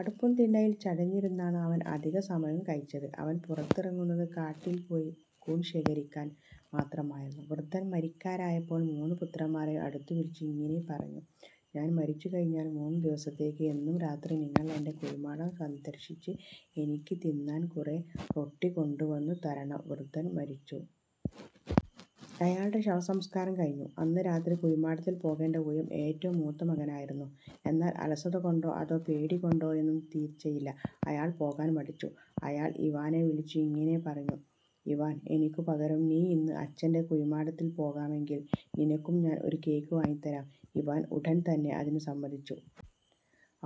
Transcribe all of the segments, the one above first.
അടുപ്പിന്തിണ്ണയില് ചടഞ്ഞിരുന്നാണ് അവന് അധിക സമയവും കഴിച്ചത്. അവന് പുറത്തിറങ്ങുന്നത് കാട്ടില്പ്പോയി കൂണ് ശേഖരിക്കാന് മാത്രമായിരുന്നു. വൃദ്ധന് മരിക്കാരായപ്പോള് മൂന്നു പുത്രന്മാരെയും അടുത്ത് വിളിച്ച് ഇങ്ങിനെ പറഞ്ഞു. "ഞാന് മരിച്ചു കഴിഞ്ഞാല് മൂന്നു ദിവസത്തേയ്ക്ക് എന്നും രാത്രി നിങ്ങള് എന്റെ കുഴിമാടം സന്ദര്ശിച്ച് എനിക്കു തിന്നാന് കുറെ റൊട്ടി കൊണ്ടുവന്നു തരണം" വൃദ്ധന് മരിച്ചു. അയാളുടെ ശവസംസ്കാരം കഴിഞ്ഞു. അന്ന് രാത്രി കുഴിമാടത്തില് പോകേണ്ട ഊഴം ഏറ്റവും മൂത്ത മകനായിരുന്നു. എന്നാല് അലസത കൊണ്ടോ അതോ പേടി കൊണ്ടോ എന്നു തീര്ച്ചയില്ല, അയാള് പോകാന് മടിച്ചു. അയാള് ഇവാനെ വിളിച്ച് ഇങ്ങിനെ പറഞ്ഞു. "ഇവാന്, എനിക്കു പകരം നീ ഇന്ന് അച്ഛന്റെ കുഴിമാടത്തില് പോകാമെങ്കില് നിനക്കു ഞാന് ഒരു കേക്ക് വാങ്ങിത്തരാം" ഇവാന് ഉടന് തന്നെ അതിന് സമ്മതിച്ചു.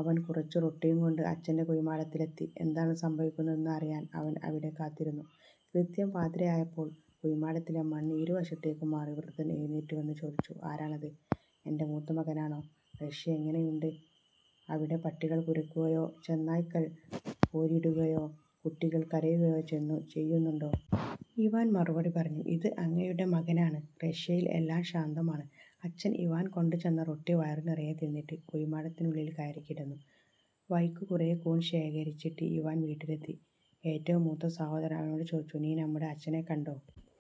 അവന് കുറച്ചു റൊട്ടിയും കൊണ്ട് അച്ഛന്റെ കുഴിമാടത്തിലെത്തി. എന്താണ് സംഭവിക്കുന്നതെന്ന് അറിയാന് അവന് അവിടെ കാത്തിരുന്നു. കൃത്യം പാതിരായായപ്പോള് കുഴിമാടത്തിലെ മണ്ണ് ഇരുവശത്തേയ്ക്കും മാറി. വൃദ്ധന് എഴുന്നേറ്റ് വന്ന് ചോദിച്ചു. "ആരാണത്? എന്റെ മൂത്തമകനാണോ? റഷ്യ എങ്ങിനെയുണ്ട്? അവിടെ പട്ടികള് കുരയ്ക്കുകയോ, ചെന്നായ്ക്കള് ഓരിയിടുകയോ, കുട്ടികള് കരയുകയോ ചെയ്യുന്നുണ്ടോ? " ഇവാന് മറുപടി പറഞ്ഞു. "ഇത് അങ്ങയുടെ മകനാണ്. റഷ്യയില് എല്ലാം ശാന്തമാണ്" അച്ഛന്, ഇവാന് കൊണ്ടുചെന്ന റൊട്ടി വയറു നിറയെ തിന്നിട്ട് കുഴിമാടത്തിനുള്ളില് കയറി കിടന്നു. വഴിക്കു കുറെ കൂണ് ശേഖരിച്ചിട്ട് ഇവാന് വീട്ടിലെത്തി. ഏറ്റവും മൂത്ത സഹോദരന് അവനോടു ചോദിച്ചു. "നീ നമ്മുടെ അച്ഛനെ കണ്ടോ?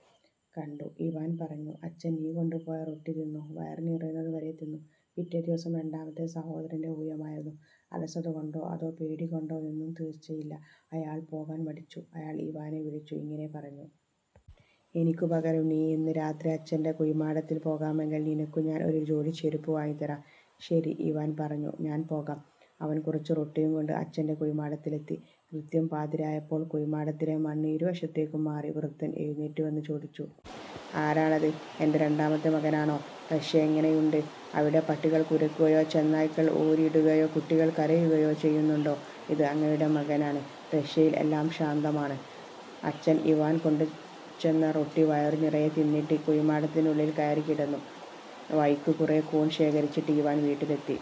" "കണ്ടു" ഇവാന് പറഞ്ഞു. "അച്ഛന് നീ കൊണ്ട് പോയ റൊട്ടി തിന്നോ? " "വയറ് നിറയുന്നത് വരെ തിന്നു" പിറ്റേദിവസം രണ്ടാമത്തെ സഹോദരന്റെ ഊഴമായിരുന്നു. അലസത കൊണ്ടോ അതോ പേടി കൊണ്ടോ എന്നു തീര്ച്ചയില്ല, അയാളും പോകാന് മടിച്ചു. അയാള് ഇവാനെ വിളിച്ച് ഇങ്ങിനെ പറഞ്ഞു. "എനിക്കു പകരം നീ ഇന്ന് രാത്രി അച്ഛന്റെ കുഴിമാടത്തില് പോകാമെങ്കില് നിനക്കു ഞാന് ഒരു ജോഡി ചെരുപ്പ് വാങ്ങിത്തരാം" "ശരി," ഇവാന് പറഞ്ഞു. "ഞാന് പോകാം. " അവന് കുറച്ചു റൊട്ടിയും കൊണ്ട് അച്ഛന്റെ കുഴിമാടത്തിലെത്തി. കൃത്യം പാതിരായായപ്പോള് കുഴിമാടത്തിലെ മണ്ണ് ഇരുവശത്തേയ്ക്കും മാറി. വൃദ്ധന് എഴുന്നേറ്റ് വന്ന് ചോദിച്ചു. "ആരാണത്? എന്റെ രണ്ടാമത്തെ മകനാണോ? റഷ്യ എങ്ങിനെയുണ്ട്? അവിടെ പട്ടികള് കുരയ്ക്കുകയോ, ചെന്നായ്ക്കള് ഓരിയിടുകയോ, കുട്ടികള് കരയുകയോ ചെയ്യുന്നുണ്ടോ? " "ഇത് അങ്ങയുടെ മകനാണ്. റഷ്യയില് എല്ലാം ശാന്തമാണ്" അച്ഛന്, ഇവാന് കൊണ്ടുചെന്ന റൊട്ടി വയറു നിറയെ തിന്നിട്ട് കുഴിമാടത്തിനുള്ളില് കയറി കിടന്നു. വഴിക്കു കുറെ കൂണ് ശേഖരിച്ചിട്ട് ഇവാന് വീട്ടിലെത്തി.